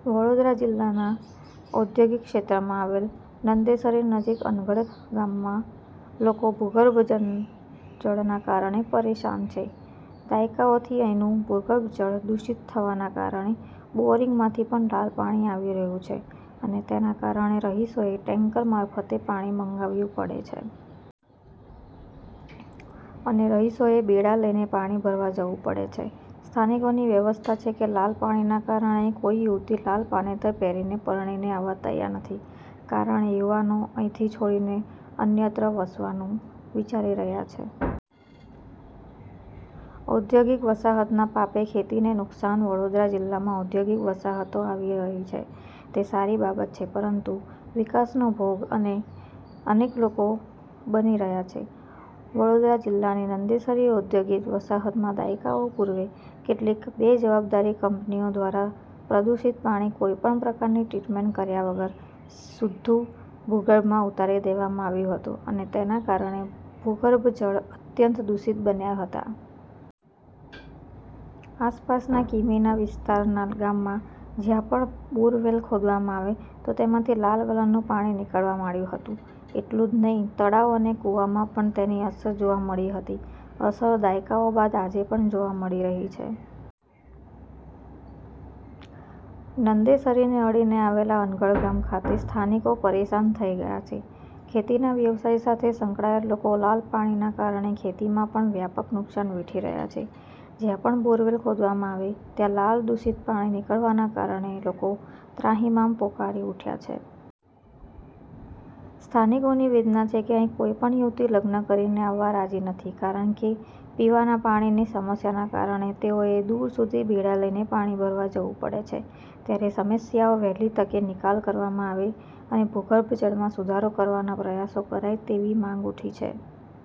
વડોદરાઃ વડોદરા જિલ્લાના ઔદ્યોગિક ક્ષેત્રમાં આવેલ નંદેસરી નજીક અનગઢ ગામના લોકો ભૂગર્ભ જળના કારણે પરેશાન છે. દાયકાઓથી અહીંનું ભૂગર્ભ જળ દુષિત થવાના કારણે બોરિંગમાંથી પણ લાલ પાણી આવી રહ્યું છે. અને તેના કારણે રહીશોએ ટેન્કર મારફતે પાણી મંગાવવું પડે છે. અને રહીશોએ બેડા લઈને પાણી ભરવા જવું પડે છે. સ્થાનિકોની વ્યથા છે કે લાલ પાણીના કારણે અહીં કોઈ યુવતી લાલ પાનેતર પહેરીને પરણીને આવવા તૈયાર નથી. કારણે યુવાનો અહીંથી છોડીને અન્યત્ર વસવાનું વિચારી રહ્યા છે. ઔદ્યોગિક વસાહતના પાપે ખેતીને નુકસાન વડોદરા જિલ્લામાં ઔદ્યોગિક વસાહતો આવી રહી છે તે સારી બાબત છે. પરંતુ વિકાસનો ભોગ અનેક લોકો બની રહ્યા છે. વડોદરા જિલ્લાની નંદેસરી ઔદ્યોગિક વસાહતમાં દાયકાઓ પૂર્વે કેટલીક બેજવાબદાર કંપનીઓ દ્વારા પ્રદુષિત પાણી કોઈ પણ પ્રકારની ટ્રીટમેન્ટ કર્યા વગર સુધુ ભૂગર્ભમાં ઉતારી દેવામાં આવતું હતું અને તેના કારણે ભૂગર્ભ જળ અત્યંત દુષિત બન્યા હતા. આસપાસના કિમીના વિસ્તારના ગામોમાં જ્યાં પણ બોરવેલ ખોદવામાં આવે તો તેમાંથી લાલ કલરનું પાણી નીકળવા માંડ્યું હતું. એટલુંનહીં તળાવ અને કુવામાં પણ તેની અસર જોવા મળી હતી. અસર દાયકાઓ બાદ આજે પણ જોવા મળી રહી છે. નંદેસરીને અડીને આવેલા અનગઢ ગામ ખાતે સ્થાનિકો પરેશાન થઇ ગયા છે. ખેતીના વ્યવસાય સાથે સંકળાયેલ લોકો લાલ પાણીના કારણે ખેતીમાં પણ વ્યાપક નુકસાન વેઠી રહ્યા છે. જ્યાં પણ બોરવેલ ખોદવામાં આવે ત્યાં લાલ દુષિત પાણી નીકળવાના કારણે લોકો ત્રાહિમામ પોકારી ઉઠ્યા છે. સ્થાનિકોની વેદના છે કે અહીં કોઈ પણ યુવતી લગ્ન કરીને આવવા રાજી નથી કારણ કે પીવાના પાણીની સમસ્યાના કારણે તેઓએ દૂર સુધી બેડા લઈને પાણી ભરવા જવું પડે છે. ત્યારેસમસ્યાનો વહેલી તકે નિકાલ કરવામાં આવે અને ભૂગર્ભ જળમાં સુધારો કરવાના પ્રયાસો કરાય તેવી માંગ ઉઠી છે.